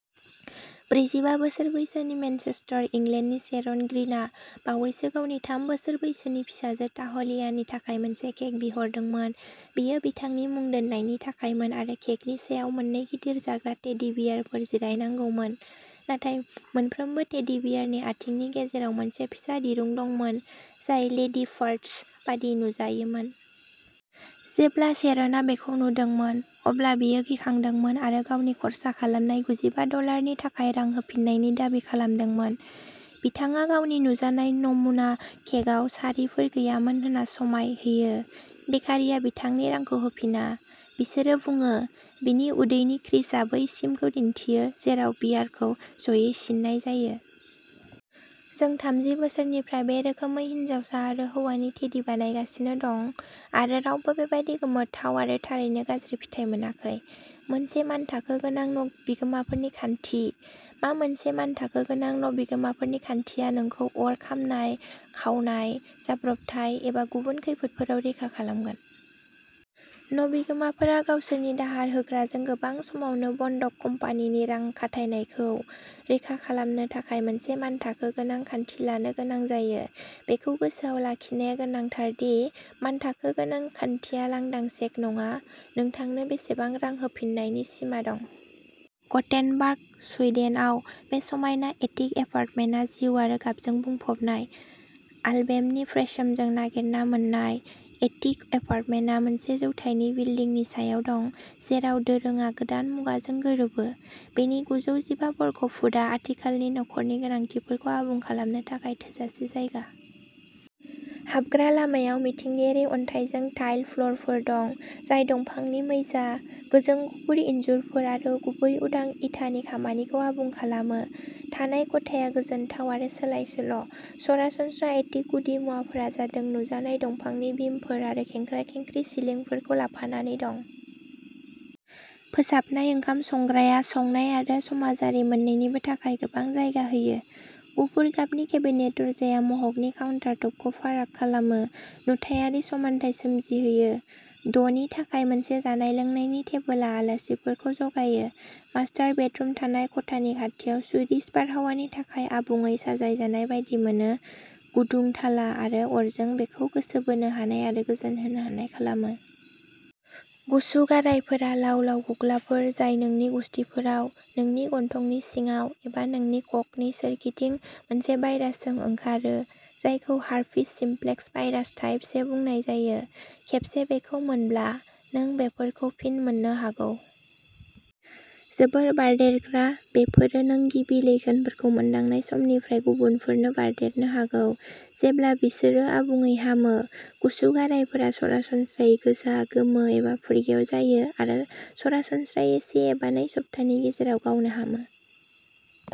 ब्रैजिबा बोसोर बैसोनि मेनचेस्टार, इंलेन्डनि शेरन ग्रीनआ बावैसो गावनि थाम बोसोर बैसोनि फिसाजो ताहलियानि थाखाय मोनसे केक बिहरदोंमोन। बेयो बिथांनि मुं दोननायनि थाखायमोन आरो केकनि सायाव मोननै गिदिर जाग्रा टेडी बियारफोर जिरायनांगौमोन। नाथाय मोनफ्रोमबो टेडी बियारनि आथिंनि गेजेराव मोनसे फिसा दिरुं दंमोन, जाय लेदि पार्ट्स बायदि नुजायोमोन। जेब्ला शेरनआ बेखौ नुदोंमोन, अब्ला बियो गिखांदोंमोन आरो गावनि खर्सा खालामनाय गुजिबा डलारनि थाखाय रां होफिन्नायनि दाबि खालामदोंमोन। बिथाङा गावनि नुजानाय नमुना केकआव सारिफोर गैयामोन होन्ना समाय होयो। बेकारीया बिथांनि रांखौ होफिन्नाया बिसोरो बुङो, बिनि उदैनि क्रिजआ बै सिमखौ दिन्थियो जेराव बियारखौ ज'यै सिन्नाय जायो। जों थामजि बोसोरनिफ्राय बे रोखोमै हिनजावसा आरो हौवानि टेडी बानायगासिनो दं आरो रावबो बेबादि गोमोथाव आरो थारैनो गाज्रि फिथाइ मोनाखै। मोनसे मानथाखो गोनां न'बिगोमाफोरनि खान्थि मा मोनसे मानथाखो गोनां न'बिगोमाफोरनि खान्थि आ नोंखौ अर खामनाय, खावनाय, जाब्रबथाय एबा गुबुन खैफोदफोराव रैखा खालामगोन। न'बिगोमाफोरा गावसोरनि दाहार होग्राजों गोबां समावनो बन्दक कम्पानिनि रां खाथायनायखौ रैखा खालामनो थाखाय मोनसे मानथाखो गोनां खान्थि लानो गोनां जायो। बेखौ गोसोआव लाखिनाया गोनांथार दि मानथाखो गोनां खान्थिया लांदां चेक नङा-नोंथांनो बेसेबां रां होफिन्नायनि सिमा दं। गथेनबार्ग, सुइडेनआव बे समायना एटिक एपार्टमेन्टआ जिउ आरो गाबजों बुंफबनाय। आलभेमनि फ्रेश'मजों नागिरना मोन्नाय, एटिक एपार्टमेन्टआ मोनसे जौथाइनि बिल्डिंनि सायाव दं जेराव दोरोङा गोदान मुगाजों गोरोबो। बेनि गुजौ जिबा बर्ग फुटआ आथिखालनि नखरनि गोनांथिफोरखौ आबुं खालामनो थाखाय थोजासे जायगा। हाबग्रा लामायाव मिथिंगायारि अन्थाइजों टाइलड फ्लोरफोर दं, जाय दंफांनि मैजा, गोजों गुफुर इनजुरफोर आरो गुबै उदां इटानि खामानिखौ आबुं खालामो। थानाय खथाया गोजोनथाव आरो सोलायसोल'। सरासनस्रा एटिक गुदिमुवाफोरा जादों नुजानाय दंफांनि बिमफोर आरो खेंख्रा-खेंख्रि सिलिंफोरखौ लाफानानै दं। फोसाबनाय ओंखाम संग्राया संनाय आरो समाजारि मोन्नैनिबो थाखाय गोबां जायगा होयो। गुफुर गाबनि केबिनेट दरजाया मह'गनि काउन्टारटपखौ फाराग खालामो, नुथायारि समानथाय सोमजिहोयो। द'नि थाखाय मोनसे जानाय-लोंनायनि टेबोलआ आलासिफोरखौ जगायो। मास्टार बेडरुम, थानाय खथानि खाथियाव, सुइडिश बारहावानि थाखाय आबुङै साजायजानाय बायदि मोनो गुदुं थाला आरो अरजों बेखौ गोसो बोनो हानाय आरो गोजोन होनो हानाय खालामो। गुसु गारायफोरा लाव-लाव गुग्लाफोर जाय नोंनि गुसथिफोराव, नोंनि गन्थंनि सिङाव एबा नोंनि खख'नि सोरगिदिं मोनसे भाइरासजों ओंखारो जायखौ हार्पिस सिम्प्लेक्स भाइरास टाइप से बुंनाय जायो। खेबसे बेखौ मोनब्ला, नों बेफोरखौ फिन मोननो हागौ। जोबोद बारदेरग्रा, बेफोरो नों गिबि लैखोनफोरखौ मोनदांनाय समनिफ्राय गुबुनफोरनो बारदेरनो हागौ, जेब्ला बिसोरो आबुङै हामो गुसु गारायफोरा सरासनस्रायै गोजा, गोमो एबा फुरगेव जायो आरो सरासनस्रायै से एबा नै सप्तानि गेजेराव गावनो हामो।